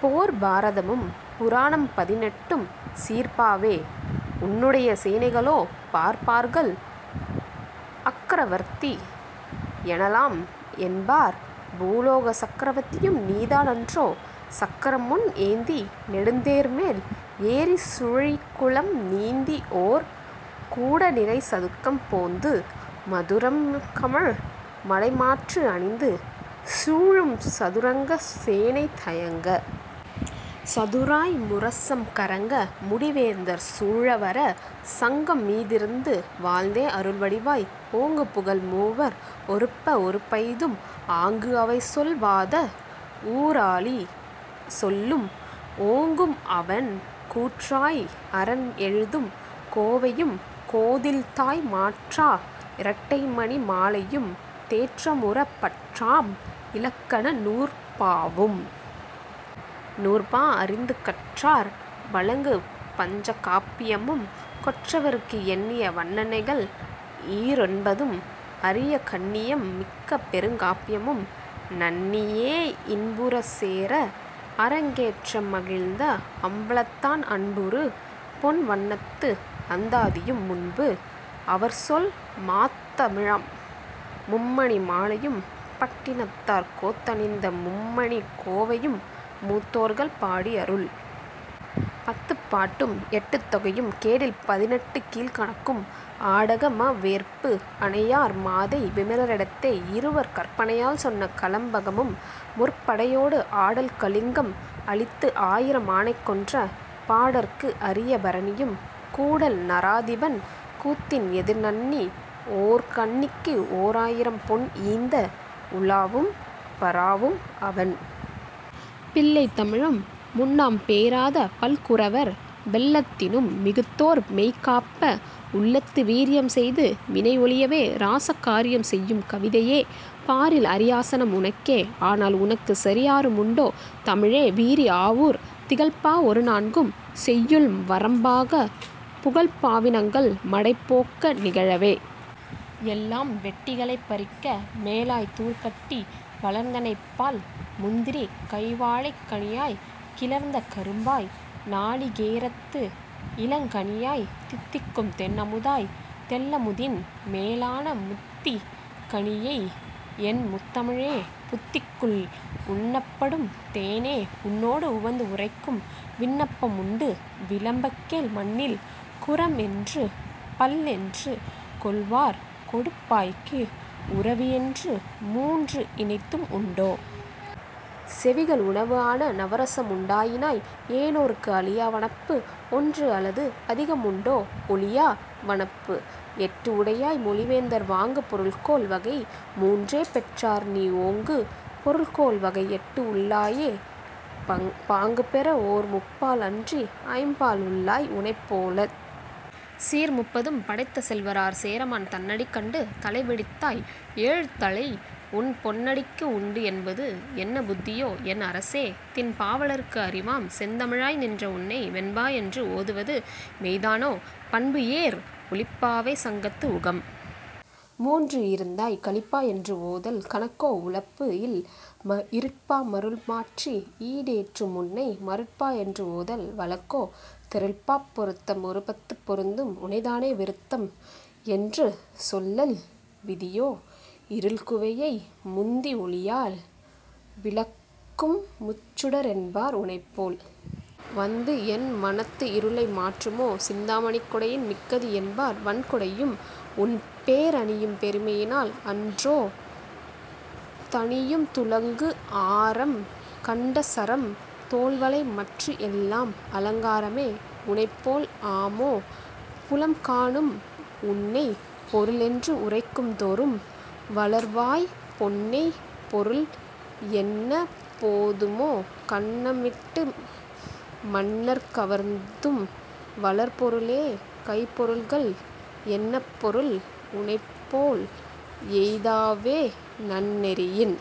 போர்ப் பாரதமும் புராணம் பதினெட்டும் சீர்ப்பாவே உன்னுடைய சேனைகளோ பார்ப்பார்கள் அக்கரவர்த்தி எனலாம் என்பார் பூலோக சக்கரவர்த்தியும் நீதான் அன்றோ சக்கரம்முன்பு ஏந்தி நெடுந் தேர்மேல் ஏறிச் சுழிகுளம் நீந்திஓர் கூடநிறை சதுக்கம் போந்து மதுரம் கமழ் மாலைமாற்று அணிந்து சூழும் சதுரங்க சேனை தயங்கச் சதுராய் முரசம் கறங்க முடிவேந்தர் சூழ வர சங்கம் மீதிருந்து வாழ்ந்தே அருள் வடிவாய் ஓங்குபுகழ் மூவர் ஒருபஒருபய்தும் ஆங்கு அவை சொல் வாதவூராளி சொல்லும் ஓங்கும் அவன் கூற்றாய் அரன் எழுதும் கோவையும் கோதில்தாய் மாற்றா இரட்டைமணி மாலையும் தேற்றம்உற பற்றாம் இலக்கண நூற்பாவும் நூற்பா அறிந்து கற்றார் வழங்கு பஞ்சகாப்பியமும் கொற்றவருக்கு எண்ணிய வன்னனைகள் ஈரொன்பதும் அறியக் கண்ணியம் மிக்க பெருங்காப்பியமும் நன்ணியே இன்புறு சேரந் அரங்கேற்ற மகிழ்ந்து அம்பலத்தான் அன்புறு பொன்வண்னத்து அந்தாதியும் முன்பு அவர்சொல் மாத்தமிழாம் மும்மணி மாலையும் பட்டினத்தார் கோத்தணிந்த மும்மணிக் கோவையும் மூத்தோர்கள் பாடியருள் பத்துப்பாட்டும் எட்டுத்தொகையும் கேடில் பதினெட்டுக் கீழ்க்கணக்கும் ஆடக மா வெற்புஅனையார் மாதை விமரரிடத்தே இருவர் கற்பனையால் சொன்ன கலம்பகமும் முற்படையோடு ஆடல் கலிங்கம் அழித்து ஆயிரம் ஆனைகொன்ற பாடற்கு அரிய பரணியும் கூடல் நராதிபன் கூத்தன்எதிர் நண்ணி ஓர்கண்ணிக்கு ஓராயிரம்பொன் ஈந்த உலாவும் பராவும் அவன் பிள்ளைத் தமிழும் முன்னாம் பேராத பல்குரவர் வெள்ளத்தினும் மிகுத்தோர் மெய்காப்ப உள்ளத்து வீரியம் செய்து வினைஒழியவே ராச காரியம் செய்யும் கவிதையே பாரில் அரியாசனம் உனக்கே ஆனால் உனக்குச் சரியாரும் உண்டோ தமிழே விரிஆவுர் திகழ்பா ஒருநான்கும் செய்யுள் வரம்பாகப் புகழ் பாவினங்கள் மடைப்போக்கா நிகழவே எல்லாம் வெட்டிக் களைபறிக்க மேலாய்த் தூர் கட்டி வளர்ந்தனை பால் முந்திரி வாழைக் கனியாய்க் கிளர்ந்த கரும்பாய் நாளிகேரத்து இளங்கனியாய் தித்திக்கும் தென்அமுதாய்த் தெள்ளமுதின் மேலான முத்திக் கனியே என் முத்தமிழே புத்திக்குள் உண்ணப்படும் தேனே உன்னோடு உவந்து உரைக்கும் விண்ணப்பம் உண்டு விளம்பக் கேள் மண்ணில் குறம்என்று பள்என்று கொள்வார் கொடுப்பாய்க்கு உறவுஎன்று மூன்று இனத்தும் உண்டோ! செவிகள் உணவு ஆன நவரசம் உண்டாயினாய் ஏனோர்க்கு அழியா வனப்பு ஒன்றுஅலது அதிகம் உண்டோ ஒழியா வனப்பு எட்டு உடையாய் மொழிவேந்தர் வாங்கு பொருள்கோள் வகை மூன்றே பெற்றார்நீ ஓங்கு பொருள்கோள் வகை எட்டு உள்ளாயே பாங்குபெற ஓர் முப்பால் அன்றி ஐம்பால் உள்ளாய் உனைப்போலச் சீர் முப்பதும் படைத்த செல்வர் ஆர் சேரமான் தன்னடிக் கண்டு தளை விடுத்தாய் ஏழ்தளை உன் பொன்னடிக்கு உண்டு என்பது என்ன புத்தியோ என் அரசே திண் பாவலர்க்கு அறிவாம் செந்தமிழாய் நின்றஉன்னை வெண்பா என்று ஓதுவது மெய்தானோ பண்பு ஏர் ஒலிப்பாவே சங்கத்து உகம் மூன்று இருந்தாய் கலிப்பா என்று ஓதல் கணக்கோ உலப்பு இல் இருட்பா மருள் மாற்றி ஈடேற்றும் உன்னை மருட்பா என்று ஓதல் வழக்கோ தெருள்பாப் பொருத்தம் ஒருபத்துப் பொருந்தும் உனைத்தானே விருத்தம் என்று சொல்லல் விதியோ இருள்குவையை முந்தி ஒளியால் விலக்கும் முச்சுடர் என்பார் உனைப்போல் வந்து என் மனத்து இருளை மாற்றுமோ சிந்தா மணி கொடையின் மிக்கது என்பார் வண்கொடையும் உன்பேர் அணியும் பெருமையினால் அன்றோ தணியும் துலங்கு ஆரம் கண்டசரம் தோள்வளை மற்றுஎல்லாம் அலங்காரமே உனைப்போல் ஆமோ புலம்காணும் உன்னைப் பொருள்என்று உரைக்கும் தொறும் வளர்வாய் பொன்னைப் பொருள் என்னப் போதுமோ கன்னமிட்டு மன்னர் கவர்ந்தும் வளர்பொருளே கைப்பொருள்கள் என்ன பொருள் உனைப்போல் எய்தாவே நன்னெறியின்।